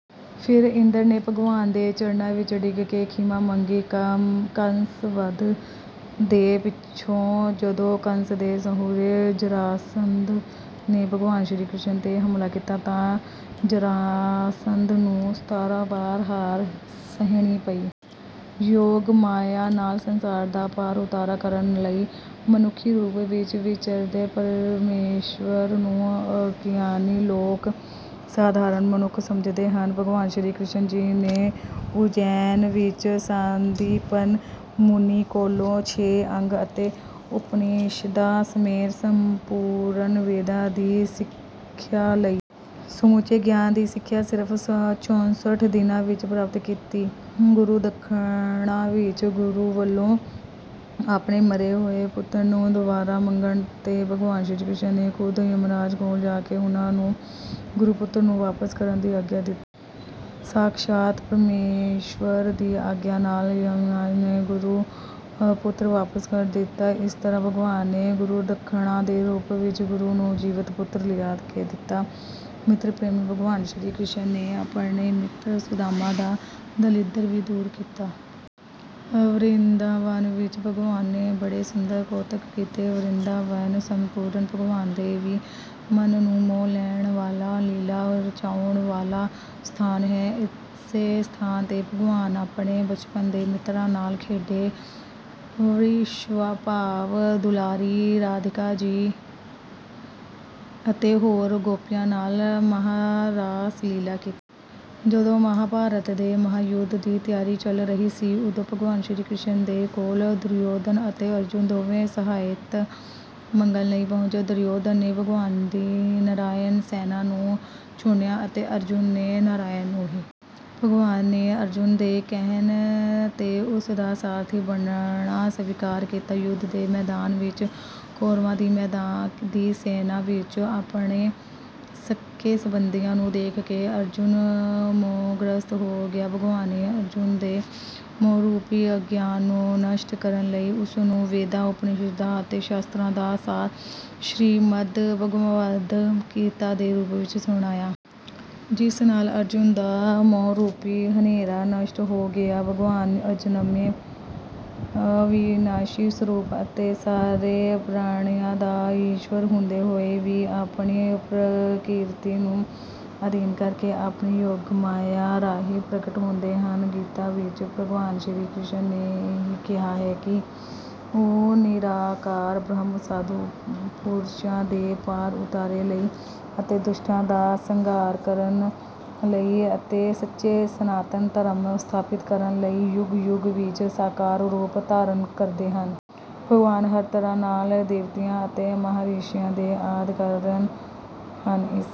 ਫਿਰ ਇੰਦਰ ਨੇ ਭਗਵਾਨ ਦੇ ਚਰਨਾਂ ਵਿੱਚ ਡਿੱਗ ਕੇ ਖਿਮਾ ਮੰਗੀ। ਕੰਸ ਵਧ ਦੇ ਪਿੱਛੋਂ ਜਦੋਂ ਕੰਸ ਦੇ ਸਹੁਰੇ ਜਰਾਸੰਧ ਨੇ ਭਗਵਾਨ ਸ਼੍ਰੀ ਕ੍ਰਿਸ਼ਨ ਤੇ ਹਮਲਾ ਕੀਤਾ ਤਾਂ ਜਰਾਸੰਧ ਨੂੰ ਸਤਾਰਾਂ ਵਾਰ ਹਾਰ ਸਹਿਣੀ ਪਈ। ਯੋਗਮਾਇਆ ਨਾਲ ਸੰਸਾਰ ਦਾ ਪਾਰ ਉਤਾਰਾ ਕਰਨ ਲਈ ਮਨੁੱਖੀ ਰੂਪ ਵਿੱਚ ਵਿਚਰਦੇ ਪ੍ਰਮੇਸ਼ਵਰ ਨੂੰ ਅਗਿਆਨੀ ਲੋਕ ਸਾਧਾਰਨ ਮਨੁੱਖ ਸਮਝਦੇ ਹਨ। ਭਗਵਾਨ ਸ਼੍ਰੀ ਕ੍ਰਿਸ਼ਨ ਜੀ ਨੇ ਉਜੈਨ ਵਿੱਚ ਸਾਂਦੀਪਨ ਮੁਨੀ ਕੋਲੋਂ ਛੇ ਅੰਗ ਅਤੇ ਉਪਨਿਸ਼ਦਾਂ ਸਮੇਤ ਸੰਪੂਰਨ ਵੇਦਾਂ ਦੀ ਸਿੱਖਿਆ ਲਈ। ਸਮੁੱਚੇ ਗਿਆਨ ਦੀ ਸਿੱਖਿਆ ਸਿਰਫ਼ ਚੌਂਸਠ ਦਿਨਾਂ ਵਿੱਚ ਪ੍ਰਾਪਤ ਕੀਤੀ। ਗੁਰੂ ਦੱਖਣਾ ਵਿੱਚ ਗੁਰੂ ਵਲੋਂ ਆਪਣੇ ਮਰੇ ਹੋਏ ਪੁੱਤਰ ਨੂੰ ਦੁਬਾਰਾ ਮੰਗਣ ਤੇ ਭਗਵਾਨ ਸ਼੍ਰੀ ਕ੍ਰਿਸ਼ਨ ਨੇ ਖ਼ੁਦ ਯਮਰਾਜ ਕੋਲ ਜਾ ਕੇ ਉਨ੍ਹਾਂ ਨੂੰ ਗੁਰੂ ਪੁੱਤਰ ਨੂੰ ਵਾਪਿਸ ਕਰਨ ਦੀ ਆਗਿਆ ਦਿੱਤੀ। ਸਾਖਸ਼ਾਤ ਪ੍ਰਮੇਸ਼ਵਰ ਦੀ ਆਗਿਆ ਨਾਲ ਯਮਰਾਜ ਨੇ ਗੁਰੂ ਪੁੱਤਰ ਵਾਪਿਸ ਕਰ ਦਿੱਤਾ। ਇਸ ਤਰ੍ਹਾਂ ਭਗਵਾਨ ਨੇ ਗੁਰੂ ਦੱਖਣਾ ਦੇ ਰੂਪ ਵਿੱਚ ਗੁਰੂ ਨੂੰ ਜੀਵਤ ਪੁੱਤਰ ਲਿਆ ਕੇ ਦਿੱਤਾ। ਮਿੱਤਰ ਪ੍ਰੇਮੀ ਭਗਵਾਨ ਸ਼੍ਰੀ ਕ੍ਰਿਸ਼ਨ ਨੇ ਆਪਣੇ ਮਿੱਤਰ ਸੁਦਾਮਾ ਦਾ ਦਲਿੱਦਰ ਵੀ ਦੂਰ ਕੀਤਾ। ਵਰਿੰਦਾਵਨ ਵਿੱਚ ਭਗਵਾਨ ਨੇ ਬੜੇ ਸੁੰਦਰ ਕੌਤਕ ਕੀਤੇ। ਵਰਿੰਦਾਵਨ ਸੰਪੂਰਨ ਭਗਵਾਨ ਦੇ ਵੀ ਮਨ ਨੂੰ ਮੋਹ ਲੈਣ ਵਾਲਾ ਲੀਲਾ ਰਚਾਉਣ ਵਾਲਾ ਸਥਾਨ ਹੈ। ਇਸੇ ਸਥਾਨ ਤੇ ਭਗਵਾਨ ਆਪਣੇ ਬਚਪਨ ਦੇ ਮਿੱਤਰਾਂ ਨਾਲ ਖੇਡੇ। ਵ੍ਰਿਸ਼ਭਾਵ ਦੁਲਾਰੀ ਰਾਧਿਕਾ ਜੀ ਅਤੇ ਹੋਰ ਗੋਪੀਆਂ ਨਾਲ ਮਹਾਰਾਸ ਲੀਲਾ ਕੀਤੀ। ਜਦੋਂ ਮਹਾਭਾਰਤ ਦੇ ਮਹਾਯੁੱਧ ਦੀ ਤਿਆਰੀ ਚੱਲ ਰਹੀ ਸੀ ਉਦੋਂ ਭਗਵਾਨ ਸ਼੍ਰੀ ਕ੍ਰਿਸ਼ਨ ਦੇ ਕੋਲ ਦੁਰਯੋਧਨ ਅਤੇ ਅਰਜੁਨ ਦੋਵੇਂ ਸਹਾਇਤਾ ਮੰਗਣ ਲਈ ਪਹੁੰਚੇ। ਦੁਰਯੋਧਨ ਨੇ ਭਗਵਾਨ ਦੀ ਨਰਾਇਣੀ ਸੈਨਾ ਨੂੰ ਚੁਣਿਆ ਅਤੇ ਅਰਜੁਨ ਨੇ ਨਰਾਇਣ ਨੂੰ ਹੀ। ਭਗਵਾਨ ਨੇ ਅਰਜੁਨ ਦੇ ਕਹਿਣ ਤੇ ਉਸਦਾ ਸਾਰਥੀ ਬਣਨਾ ਸਵੀਕਾਰ ਕੀਤਾ। ਯੁੱਧ ਦੇ ਮੈਦਾਨ ਵਿੱਚ ਕੌਰਵਾਂ ਦੀ ਸੈਨਾ ਵਿੱਚ ਆਪਣੇ ਸਕੇ-ਸੰਬੰਧੀਆਂ ਨੂੰ ਦੇਖ ਕੇ ਅਰਜੁਨ ਮੋਹਗ੍ਰਸਤ ਹੋ ਗਿਆ। ਭਗਵਾਨ ਨੇ ਅਰਜੁਨ ਦੇ ਮੋਹਰੂਪੀ ਅਗਿਆਨ ਨੂੰ ਨਸ਼ਟ ਕਰਨ ਲਈ ਉਸਨੂੰ ਵੇਦਾਂ ਉਪਨਿਸ਼ਦਾਂ ਅਤੇ ਸ਼ਾਸਤਰਾਂ ਦਾ ਸਾਰ ਸ਼੍ਰੀਮਦ ਭਗਵਦ ਗੀਤਾ ਦੇ ਰੂਪ ਵਿੱਚ ਸੁਣਾਇਆ। ਜਿਸ ਨਾਲ ਅਰਜੁਨ ਦਾ ਮੋਹਰੂਪੀ ਹਨੇਰਾ ਨਸ਼ਟ ਹੋ ਗਿਆ। ਭਗਵਾਨ ਅਜਨਮੇ ਅਵਿਨਾਸ਼ੀ ਸਰੂਪ ਅਤੇ ਸਾਰੇ ਪ੍ਰਾਣੀਆਂ ਦਾ ਈਸ਼ਵਰ ਹੁੰਦੇ ਹੋਏ ਵੀ ਆਪਣੀ ਪ੍ਰਕਿਰਤੀ ਨੂੰ ਅਧੀਨ ਕਰਕੇ ਆਪਣੀ ਯੋਗਮਾਇਆ ਰਾਹੀਂ ਪ੍ਰਗਟ ਹੁੰਦੇ ਹਨ। ਗੀਤਾ ਵਿੱਚ ਭਗਵਾਨ ਸ਼੍ਰੀ ਕ੍ਰਿਸ਼ਨ ਨੇ ਇਹੀ ਕਿਹਾ ਹੈ ਕਿ ਉਹ ਨਿਰਾਕਾਰ ਬ੍ਰਹਮ ਸਾਧੂ ਪੁਰਸ਼ਾਂ ਦੇ ਪਾਰ ਉਤਾਰੇ ਲਈ ਅਤੇ ਦੁਸ਼ਟਾਂ ਦਾ ਸੰਘਾਰ ਕਰਨ ਲਈ ਅਤੇ ਸੱਚੇ ਸਨਾਤਨ ਧਰਮ ਸਥਾਪਿਤ ਕਰਨ ਲਈ ਯੁੱਗ-ਯੁੱਗ ਵਿੱਚ ਸਾਕਾਰ ਰੂਪ ਧਾਰਨ ਕਰਦੇ ਹਨ। ਭਗਵਾਨ ਹਰ ਤਰ੍ਹਾਂ ਨਾਲ ਦੇਵਤਿਆਂ ਅਤੇ ਮਹਾਰਿਸ਼ੀਆਂ ਦੇ ਆਦਿ ਕਾਰਨ ਹਨ। ਇਸ